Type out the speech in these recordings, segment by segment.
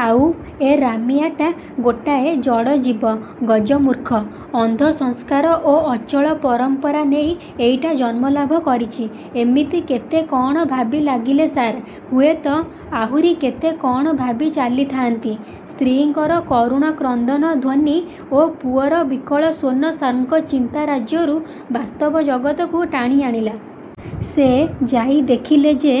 ଆଉ ଏ ରାମିଆଟା ଗୋଟାଏ ଜଡ଼ ଜୀବ, ଗଜ-ମୂର୍ଖ। ଅନ୍ଧ ସଂସ୍କାର ଓ ଅଚଳ ପରମ୍ପରା ନେଇ ଏଇଟା ଜନ୍ମଲାଭ କରିଚି। ଏମିତି କେତେ କଣ ଭାବି ଲାଗିଲେ ସାର୍। ହୁଏତ ଆହୁରି କେତେ କ'ଣ ଭାବି ଚାଲିଥାଆନ୍ତି। ସ୍ତ୍ରୀଙ୍କର କରୁଣ କ୍ରନ୍ଦନ ଧ୍ୱନି ଓ ପୁଅର ବିକଳ ସ୍ୱନ ସାର୍ଙ୍କ ଚିନ୍ତାରାଜ୍ୟରୁ ବାସ୍ତବ ଜଗତକୁ ଟାଣି ଆଣିଲା। ସେ ଯାଇ ଦେଖିଲେ ଯେ,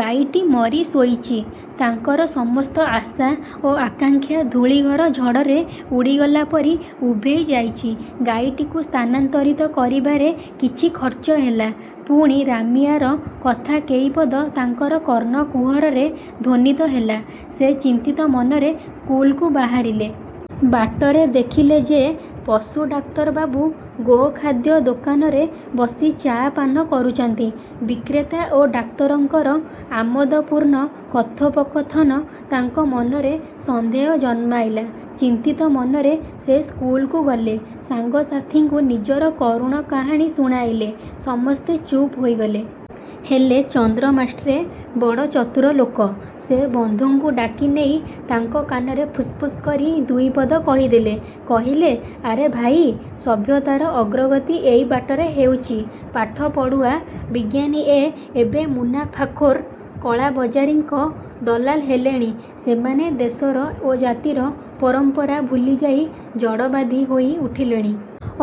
ଗାଈଟି ମରି ଶୋଇଚି। ତାଙ୍କର ସମସ୍ତ ଆଶା ଓ ଆକାଙ୍କ୍ଷା ଧୂଳିଘର ଝଡ଼ରେ ଉଡ଼ିଗଲା ପରି ଉଭେଇଯାଇଚି। ଗାଈଟିକୁ ସ୍ଥାନାନ୍ତରିତ କରିବାରେ କିଛି ଖର୍ଚ୍ଚ ହେଲା। ପୁଣି ରାମିଆର କଥା କେଇପଦ ତାଙ୍କର କର୍ଣ୍ଣକୁହରରେ ଧ୍ୱନିତ ହେଲା। ସେ ଚିନ୍ତିତ ମନରେ ସ୍କୁଲକୁ ବାହାରିଲେ। ବାଟରେ ଦେଖିଲେ ଯେ, ପଶୁ ଡାକ୍ତର ବାବୁ ଗୋ-ଖାଦ୍ୟ ଦୋକାନରେ ବସି ଚା'ପାନ କରୁଚନ୍ତି। ବିକ୍ରେତା ଓ ଡାକ୍ତରଙ୍କର ଆମୋଦପୂର୍ଣ୍ଣ କଥୋପକଥନ ତାଙ୍କ ମନରେ ସନ୍ଦେହ ଜନ୍ମାଇଲା। ଚିନ୍ତିତ ମନରେ ସେ ସ୍କୁଲକୁ ଗଲେ। ସାଙ୍ଗ ସାଥୀଙ୍କୁ ନିଜର କରୁଣ କାହାଣୀ ଶୁଣାଇଲେ। ସମସ୍ତେ ଚୁପ୍ ହୋଇଗଲେ। ହେଲେ ଚନ୍ଦ୍ରମାଷ୍ଟ୍ରେ ବଡ଼ ଚତୁର ଲୋକ। ସେ ବନ୍ଧୁଙ୍କୁ ଡାକି ନେଇ ତାଙ୍କ କାନରେ ଫୁସ୍ଫୁସ୍ କରି ଦୁଇପଦ କହିଦେଲେ—କହିଲେ, ଆରେ ଭାଇ! ସଭ୍ୟତାର ଅଗ୍ରଗତି ଏଇ ବାଟରେ ହେଉଚି। ପାଠ ପଢ଼ୁଆ ବିଜ୍ଞାନୀଏ, ଏବେ ମୁନାଫାଖୋର୍ କଳାବଜାରୀଙ୍କ ଦଲାଲ ହେଲେଣି। ସେମାନେ ଦେଶର ଓ ଜାତିର ପରମ୍ପରା ଭୁଲିଯାଇ ଜଡ଼ବାଦୀ ହୋଇ ଉଠିଲେଣି।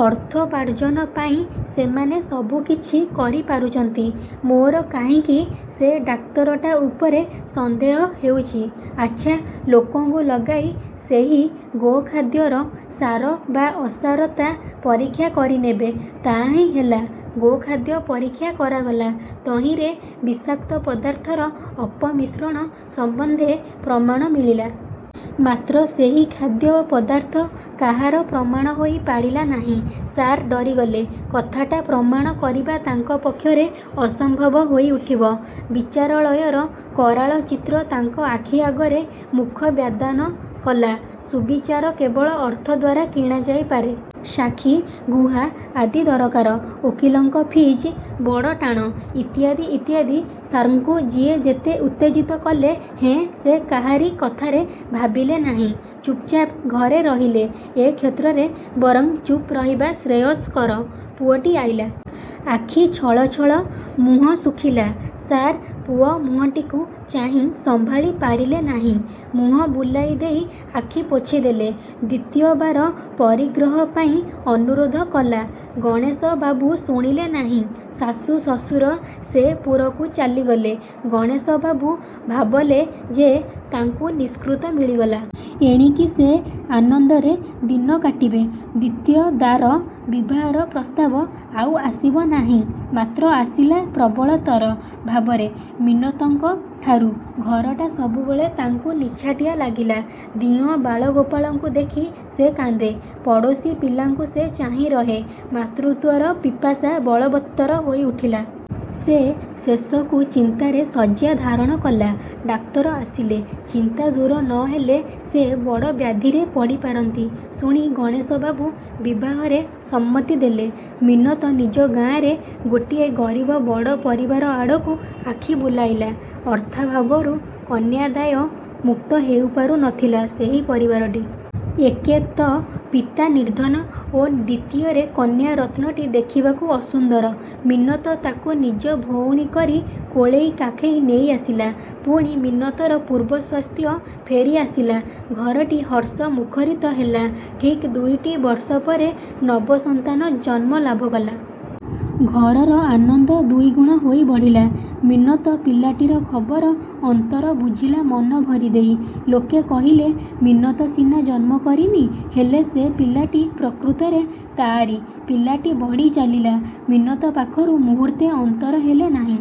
ଅର୍ଥୋପାର୍ଜନ ପାଇଁ ସେମାନେ ସବୁ କିଛି କରି ପାରୁଚନ୍ତି। ମୋର କାହିଁକି ସେ ଡାକ୍ତରଟା ଉପରେ ସନ୍ଦେହ ହେଉଚି। ଆଚ୍ଛା, ଲୋକଙ୍କୁ ଲଗାଇ, ସେହି ଗୋ-ଖାଦ୍ୟର ସାର ବା ଅସାରତା ପରୀକ୍ଷା କରିନେବେ। ତାହାହିଁ ହେଲା। ଗୋ-ଖାଦ୍ୟ ପରୀକ୍ଷା କରାଗଲା। ତହିଁରେ ବିଷାକ୍ତ ପଦାର୍ଥର ଅପମିଶ୍ରଣ ସମ୍ୱନ୍ଧେ ପ୍ରମାଣ ମିଳିଲା। ମାତ୍ର ସେହି ଖାଦ୍ୟ ପଦାର୍ଥ କାହାର ପ୍ରମାଣ ହୋଇ ପାରିଲା ନାହିଁ। ସାର୍ ଡରିଗଲେ। କଥାଟା ପ୍ରମାଣ କରିବା ତାଙ୍କ ପକ୍ଷରେ ଅସମ୍ଭବ ହୋଇଉଠିବ। ବିଚାରାଳୟର କରାଳ ଚିତ୍ର ତାଙ୍କ ଆଖି ଆଗରେ ମୁଖ ବ୍ୟାଦାନ କଲା। ସୁବିଚାର କେବଳ ଅର୍ଥ ଦ୍ୱାରା କିଣାଯାଇ ପାରେ। ସାକ୍ଷୀ, ଗୁହା ଆଦି ଦରକାର। ଓକିଲଙ୍କ ଫିଜ୍ ବଡ଼ ଟାଣ। ଇତ୍ୟାଦି ଇତ୍ୟାଦି ସାର୍ଙ୍କୁ ଯିଏ ଯେତେ ଉତ୍ତେଜିତ କଲେ ହେଁ ସେ କାହାରି କଥାରେ ଭାବିଲେ ନାହିଁ। ଚୁପ୍ ଚାପ୍ ଘରେ ରହିଲେ। ଏ କ୍ଷେତ୍ରରେ ବରଂ ଚୁପ୍ ରହିବା ଶ୍ରେୟସ୍କର। ପୁଅଟି ଆଇଲା। ଆଖି ଛଳ ଛଳ, ମୁହଁ ଶୁଖିଲା। ସାର୍ ପୁଅ ମୁହଁଟିକୁ ଚାହିଁ ସମ୍ଭାଳି ପାରିଲେ ନାହିଁ। ମୁହଁ ବୁଲାଇ ଦେଇ ଆଖି ପୋଛିଦେଲେ। ଦ୍ୱିତୀୟ ବାର ପରିଗ୍ରହ ପାଇଁ ଅନୁରୋଧ କଲା। ଗଣେଶ ବାବୁ ଶୁଣିଲେ ନାହିଁ-। ଶାଶୁ ଶଶୁର ସେ ପୁରକୁ ଚାଲିଗଲେ। ଗଣେଶ ବାବୁ ଭାବଲେ ଯେ, ତାଙ୍କୁ ନିଷ୍କୃତ ମିଳିଗଲା। ଏଣିକି ସେ ଆନନ୍ଦରେ ଦିନ କାଟିବେ। ଦ୍ୱିତୀୟ ଦାର ବିବାହର ପ୍ରସ୍ତାବ ଆଉ ଆସିବ ନାହିଁ। ମାତ୍ର ଆସିଲା ପ୍ରବଳତର ଭାବରେ ମିନତଙ୍କଠାରୁ। ଘରଟା ସବୁବେଳେ ତାଙ୍କୁ ନିଛାଟିଆ ଲାଗିଲା। ଦିଅଁ ବାଳ-ଗୋପାଳଙ୍କୁ ଦେଖି ସେ କାନ୍ଦେ। ପଡ଼ୋଶୀ ପିଲାଙ୍କୁ ସେ ଚାହିଁ ରହେ। ମାତୃତ୍ୱର ପିପାସା ବଳବତ୍ତର ହୋଇଉଠିଲା। ସେ ଶେଷକୁ ଚିନ୍ତାରେ ଶଯ୍ୟା ଧାରଣ କଲା। ଡାକ୍ତର ଆସିଲେ। ଚିନ୍ତା ଦୂର ନ ହେଲେ, ସେ ବଡ଼ ବ୍ୟାଧିରେ ପଡ଼ି ପାରନ୍ତି ଶୁଣି ଗଣେଶବାବୁ ବିବାହରେ ସମ୍ମତି ଦେଲେ। ମିନତ ନିଜ ଗାଁରେ ଗୋଟିଏ ଗରିବ ବଡ଼ ପରିବାର ଆଡ଼କୁ ଆଖି ବୁଲାଇଲା। ଅର୍ଥାଭାବରୁ କନ୍ୟାଦାୟ ମୁକ୍ତ ହେଇପାରୁ ନ ଥିଲା ସେହି ପରିବାରଟି। ଏକେ ତ ପିତା ନିର୍ଦ୍ଧନ ଓ ଦ୍ୱିତୀୟରେ କନ୍ୟା ରତ୍ନଟି ଦେଖିବାକୁ ଅସୁନ୍ଦର। ମିନତ ତାକୁ ନିଜ ଭଉଣୀ କରି କୋଳେଇ କାଖେଇ ନେଇ ଆସିଲା। ପୁଣି ମିନତର ପୂର୍ବ ସ୍ୱାସ୍ଥ୍ୟ ଫେରି ଆସିଲା। ଘରଟି ହର୍ଷ ମୁଖରିତ ହେଲା। ଠିକ୍ ଦୁଇଟି ବର୍ଷ ପରେ ନବ-ସନ୍ତାନ ଜନ୍ମ ଲାଭ କଲା। ଘରର ଆନନ୍ଦ ଦୁଇଗୁଣ ହୋଇ ବଢ଼ିଲା। ମିନତ ପିଲାଟିର ଖବର ଅନ୍ତର ବୁଝିଲା ମନ ଭରିଦେଇ। ଲୋକେ କହିଲେ ମିନତ ସିନା ଜନ୍ମ କରିନି, ହେଲେ ସେ ପିଲାଟି ପ୍ରକୃତରେ ତାଆରି। ପିଲାଟି ବଢ଼ି ଚାଲିଲା। ମିନତ ପାଖରୁ ମୁହୂର୍ତ୍ତେ ଅନ୍ତର ହେଲେ ନାହିଁ।